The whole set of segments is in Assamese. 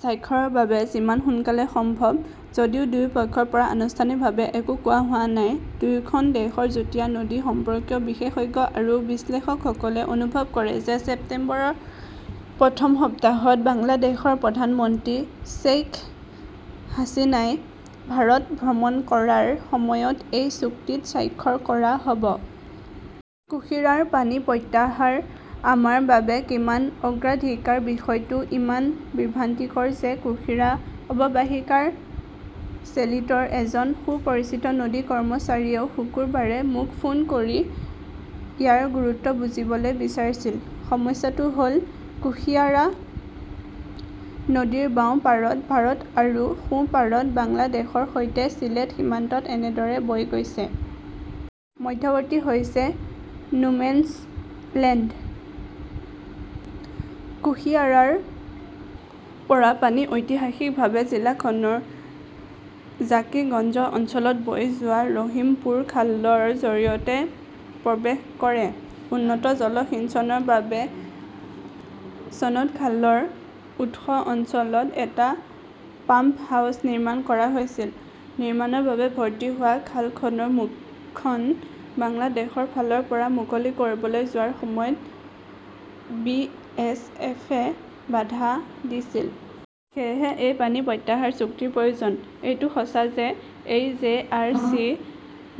স্বাক্ষৰৰ বাবে 'যিমান সোনকালে সম্ভৱ'। যদিও দুয়োপক্ষৰ পৰা আনুষ্ঠানিকভাৱে একো কোৱা হোৱা নাই, দুয়োখন দেশৰ যুটীয়া নদী সম্পৰ্কীয় বিশেষজ্ঞ আৰু বিশ্লেষকসকলে অনুভৱ কৰে যে ছেপ্টেম্বৰৰ প্ৰথম সপ্তাহত বাংলাদেশৰ প্ৰধানমন্ত্ৰী শ্বেইখ হাছিনাই ভাৰত ভ্ৰমণ কৰাৰ সময়ত এই চুক্তিত স্বাক্ষৰ কৰা হ 'ব। কুশীৰাৰ পানী প্ৰত্যাহাৰ আমাৰ বাবে কিমান অগ্ৰাধিকাৰ বিষয়টো ইমান বিভ্ৰান্তিকৰ যে কুশীৰা অৱবাহিকাৰ চেলিতৰ এজন সুপৰিচিত নদী কৰ্মচাৰীয়েও শুকুৰবাৰে মোক ফোন কৰি ইয়াৰ গুৰুত্ব বুজিবলৈ বিচাৰিছিল। সমস্যাটো হ 'ল কুশিয়াৰা নদীৰ বাওঁ পাৰত ভাৰত আৰু সোঁ পাৰত বাংলাদেশৰ সৈতে ছিলেট সীমান্তত এনেদৰে বৈ গৈছে। মধ্যৱৰ্তী হৈছে নোমেনছ লেণ্ড । কুশীয়াৰাৰ পৰা পানী ঐতিহাসিকভাৱে জিলাখনৰ জাকিগঞ্জ অঞ্চলত বৈ যোৱা ৰহিমপুৰ খালৰ জৰিয়তে প্ৰৱেশ কৰে। উন্নত জলসিঞ্চনৰ বাবে চনত খালৰ উৎস অঞ্চলত এটা পাম্পহাউছ নিৰ্মাণ কৰা হৈছিল। নিৰ্মাণৰ বাবে ভৰ্তি হোৱা খালখনৰ মুখখন বাংলাদেশৰ ফালৰ পৰা মুকলি কৰিবলৈ যোৱাৰ সময়ত বিএছএফ এ বাধা দিছিল। সেয়েহে এই 'পানী প্ৰত্যাহাৰ চুক্তি ৰ প্ৰয়োজন। এইটো সঁচা যে এই জে. আৰ. চি.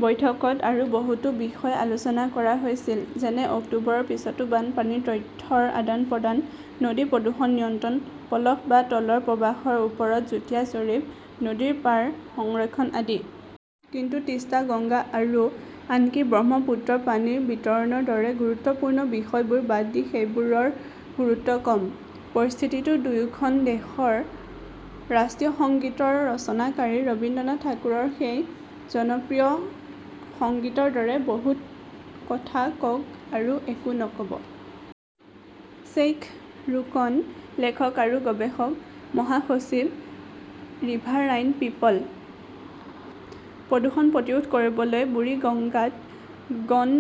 বৈঠকত আৰু বহুতো বিষয় আলোচনা কৰা হৈছিল। যেনে অক্টোবৰৰ পিছতো বানপানীৰ তথ্যৰ আদান-প্ৰদান, নদী প্ৰদূষণ নিয়ন্ত্ৰণ, পলস বা তলৰ প্ৰবাহৰ ওপৰত যুটীয়া জৰীপ, নদীৰ পাৰ সংৰক্ষণ আদি। কিন্তু তীস্তা, গংগা আৰু আনকি ব্ৰহ্মপুত্ৰৰ পানীৰ বিতৰণৰ দৰে গুৰুত্বপূৰ্ণ বিষয়বোৰ বাদ দি সেইবোৰৰ গুৰুত্ব কম। পৰিস্থিতিটো দুয়োখন দেশৰ ৰাষ্ট্ৰীয় সংগীতৰ ৰচনাকাৰী ৰবীন্দ্ৰনাথ ঠাকুৰৰ সেই জনপ্ৰিয় সংগীতৰ দৰে-'বহুত কথা কওক আৰু একো নক'ব । শ্বেইখ ৰোকনঃ লেখক আৰু গৱেষক; মহাসচিব, ৰিভাৰাইন পিপল। প্ৰদূষণ প্ৰতিৰোধ কৰিবলৈ বুৰিগঙ্গাত গণ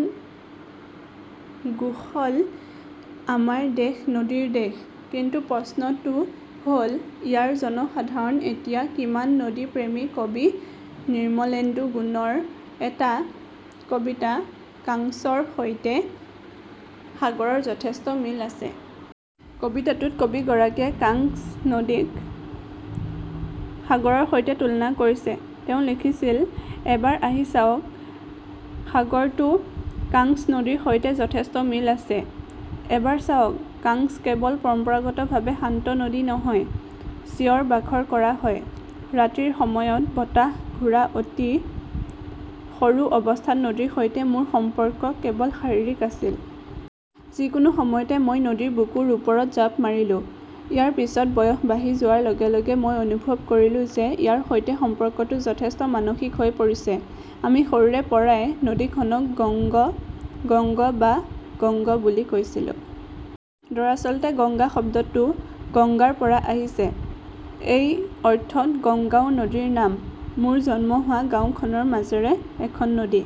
গোসল " আমাৰ দেশ নদীৰ দেশ। কিন্তু প্ৰশ্নটো হ ‘ল ইয়াৰ জনসাধাৰণ এতিয়া কিমান নদীপ্ৰেমী কবি নিৰ্মলেন্দু গুণৰ এটা কবিতা 'কাংছৰ সৈতে সাগৰৰ যথেষ্ট মিল আছে । কবিতাটোত কবিগৰাকীয়ে কাংছ নদীক সাগৰৰ সৈতে তুলনা কৰিছে। তেওঁ লিখিছিল এবাৰ আহি চাওক, সাগৰটো কাংছ নদীৰ সৈতে যথেষ্ট মিল আছে। এবাৰ চাওক, কাংছ কেৱল পৰম্পৰাগতভাৱে শান্ত নদী নহয়, চিঞৰ বাখৰ কৰা হয়, ৰাতিৰ সময়ত বতাহ ঘোঁৰা অতি সৰু অৱস্থাত নদীৰ সৈতে মোৰ সম্পৰ্ক কেৱল শাৰীৰিক আছিল। যিকোনো সময়তে মই নদীৰ বুকুৰ ওপৰত জাপ মাৰিলো। ইয়াৰ পিছত বয়স বাঢ়ি যোৱাৰ লগে লগে মই অনুভৱ কৰিলো যে ইয়াৰ সৈতে সম্পৰ্কটো যথেষ্ট মানসিক হৈ পৰিছে। আমি সৰুৰে পৰাই নদীখনক গংগ, গংগ বা গংগ বুলি কৈছিলোঁ। দৰাচলতে গংগা শব্দটো গংগাৰ পৰা আহিছে। এই অৰ্থত গঙ্গাও নদীৰ নাম। মোৰ জন্ম হোৱা গাওঁখনৰ মাজেৰে এখন নদী